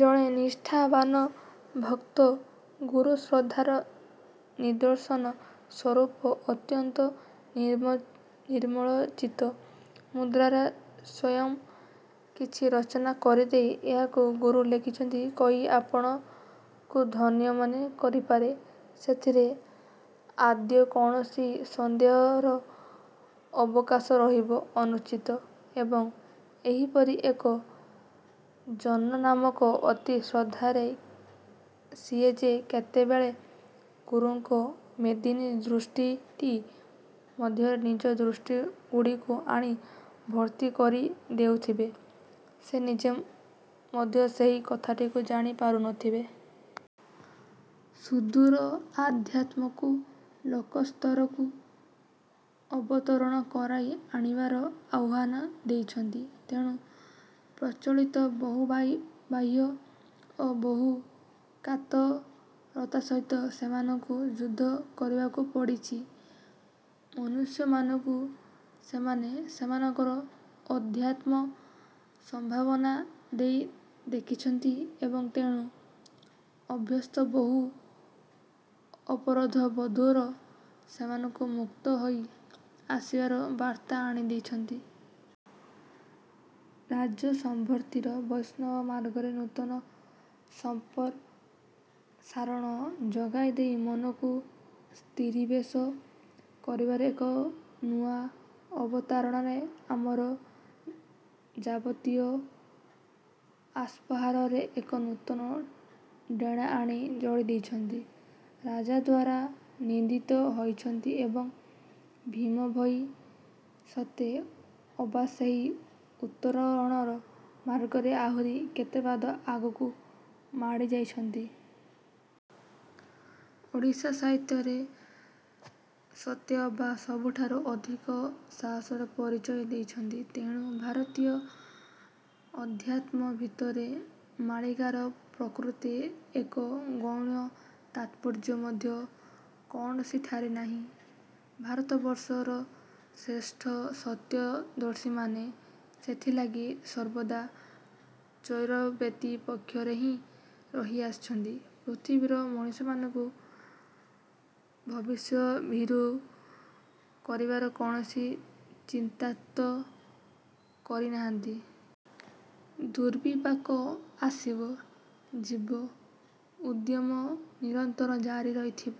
ଜଣେ ନିଷ୍ଠାବାନ ଭକ୍ତ ଗୁରୁଶ୍ରଦ୍ଧାର ନିଦର୍ଶନ ସ୍ୱରୂପ ଅତ୍ୟନ୍ତ ନିର୍ମଳଚିତ ମୁଦ୍ରାରେ ସ୍ୱୟଂ କିଛି ରଚନା କରିଦେଇ ଏହାକୁ ଗୁରୁ ଲେଖିଛନ୍ତି କହି ଆପଣାକୁ ଧନ୍ୟ ମନେ କରିପାରେ, ସେଥିରେ ଆଦୌ କୌଣସି ସନ୍ଦେହର ଅବକାଶ ରହିବା ଅନୁଚିତ। ଏବଂ, ଏହିପରି ଏକ ସର୍ଜନାତ୍ମକ ଅତି-ଶ୍ରଦ୍ଧାରେ ସିଏ ଯେ କେତେବେଳେ ଗୁରୁଙ୍କ ମେଦିନୀ-ଦୃଷ୍ଟିଟି ମଧ୍ୟରେ ନିଜ ଦୃଷ୍ଟିଗୁଡ଼ିକୁ ଆଣି ଭର୍ତ୍ତି କରି ଦେଉଥିବେ, ସିଏ ନିଜେ ମଧ୍ୟ ସେହି କଥାଟିକୁ ଜାଣି ପାରୁନଥିବେ। ସୁଦୂର ଆଧ୍ୟାତ୍ମକୁ ଲୋକସ୍ତରକୁ ଅବତରଣ କରାଇ ଆଣିବାର ଆହ୍ୱାନ ଦେଇଛନ୍ତି। ତେଣୁ ପ୍ରଚଳିତ ବହୁ ବାହ୍ୟ ଓ ବହୁ କାତରତା ସହିତ ସେମାନଙ୍କୁ ଯୁଦ୍ଧ କରିବାକୁ ପଡ଼ିଛି। ମନୁଷ୍ୟମାନଙ୍କୁ ସେମାନେ ସେମାନଙ୍କର ଅଧ୍ୟାତ୍ମ ସମ୍ଭାବନା ଦେଇ ଦେଖିଛନ୍ତି ଏବଂ ତେଣୁ ଅଭ୍ୟସ୍ତ ବହୁ ଅପରାଧବୋଧରୁ ସେମାନଙ୍କୁ ମୁକ୍ତ ହୋଇ ଆସିବାର ବାର୍ତ୍ତା ଆଣି ଦେଇଛନ୍ତି। ରାଜସମର୍ଥିତ ବୈଷ୍ଣବ ମାର୍ଗରେ ନୂତନ ସମ୍ପ୍ରସାରଣ ଯୋଗାଇ ଦେଇ ମନକୁ ସ୍ତୀରିବେଶ କରିବାର ଏକ ନୂଆ ଅବତାରଣାରେ ଆମର ଯାବତୀୟ ଆସ୍ପୃହାରେ ଏକ ନୂତନ ଡ଼େଣା ଆଣି ଯୋଡ଼ି ଦେଇଛନ୍ତି। ରାଜା ଦ୍ଵାରା ନିନ୍ଦିତ ହୋଇଛନ୍ତି। ଏବଂ, ଭୀମ ଭୋଇ ସତେ ଅବା ସେହି ଉତ୍ତରଣର ମାର୍ଗରେ ଆହୁରି କେତେ ପାଦ ଆଗକୁ ମାଡ଼ି ଯାଇଛନ୍ତି। ଓଡ଼ିଆ ସାହିତ୍ୟରେ ସତେଅବା ସବୁଠାରୁ ଅଧିକ ସାହସର ପରିଚୟ ଦେଇଛନ୍ତି। ତେଣୁ ଭାରତୀୟ ଅଧ୍ୟାତ୍ମ ଭିତରେ ମାଳିକାର ପ୍ରକୃତରେ ଏକ ଗୌଣ ତାତ୍ପର୍ଯ୍ୟ ମଧ୍ୟ କୌଣସିଠାରେ ନାହିଁ। ଭାରତବର୍ଷର ଶ୍ରେଷ୍ଠ ସତ୍ୟଦର୍ଶୀମାନେ ସେଥିଲାଗି ସର୍ବଦା ଚରୈବେତି ପକ୍ଷରେ ହିଁ ରହିଆସିଛନ୍ତି। ପୃଥିବୀର ମଣିଷମାନଙ୍କୁ ଭବିଷ୍ୟଭୀରୁ କରିବାର କୌଣସି ଚକ୍ରାନ୍ତ କରିନାହାନ୍ତି। ଦୁର୍ବିପାକ ଆସିବ, ଯିବ, ଉଦ୍ୟମ ନିରନ୍ତର ଜାରି ରହିଥିବ।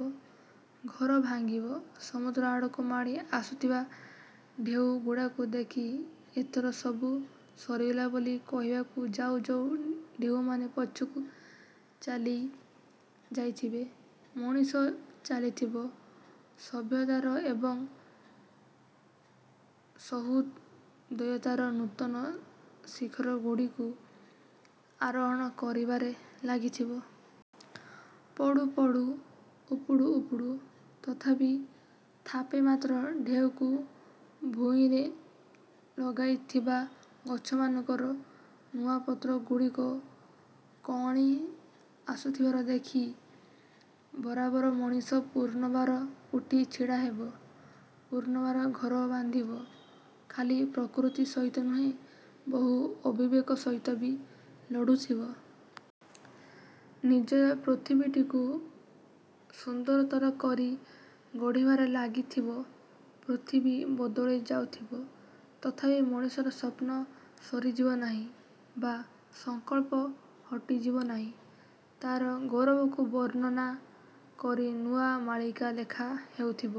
ଘର ଭାଙ୍ଗିବ, ସମୁଦ୍ର ଆଡୁ ମାଡ଼ି ଆସୁଥିବା ଢ଼େଉ ଗୁଡ଼ାକୁ ଦେଖି ଏଥର ସବୁ ସରିଗଲା ବୋଲି କହିବାକୁ ଯାଉ ଯାଉ ଢେଉମାନେ ପଛକୁ ଚାଲିଯାଇଥବେ। ମଣିଷ ଚାଲିଥିବ, ସଭ୍ୟତାର ଏବଂ ସହୃଦୟତାର ନୂତନ ଶିଖର ଗୁଡ଼ିକୁ ଆରୋହଣ କରିବାରେ ଲାଗିଥିବ। ପଡୁ ପଡୁ ଉପୁଡୁ ଉପୁଡୁ ତଥାପି ଧାପେ ମାତ୍ର ଢ଼େଉକୁ ଭୂଇଁରେ ଲଗାଇଥିବା ଗଛମାନଙ୍କରେ ନୂଆ ପତ୍ରଗୁଡ଼ିକ କଅଁଳି ଆସୁଥିବାର ଦେଖି ବରାବର ମଣିଷ ପୁନର୍ବାର ଉଠି ଛିଡ଼ା ହେବ। ପୁନର୍ବାର ଘର ବାନ୍ଧିବ। ଖାଲି ପ୍ରକୃତି ସହିତ ନୁହେଁ, ବହୁ ଅବିବେକ ସହିତ ବି ଲଢୁଥିବ। ନିଜର ପୃଥିବୀଟିକୁ ସୁନ୍ଦରତର କରି ଗଢ଼ିବାରେ ଲାଗିଥିବ। ପୃଥିବୀ ବଦଳି ଯାଉଥିବ। ତଥାପି ମଣିଷର ସ୍ୱପ୍ନ ସରିଯିବ ନାହିଁ ବା ସଂକଳ୍ପ ହଟିଯିବ ନାହିଁ। ତା'ର ଗୌରବକୁ ବର୍ଣ୍ଣନା। କରି ନୂଆ ମାଳିକା ଲେଖା ହେଉଥିବ;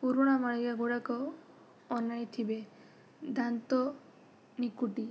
ପୁରୁଣା ମାଳିକା ଗୁଡ଼ାକ ଅନାଇ ଥିବେ। ଦାନ୍ତ ନିକୁଟି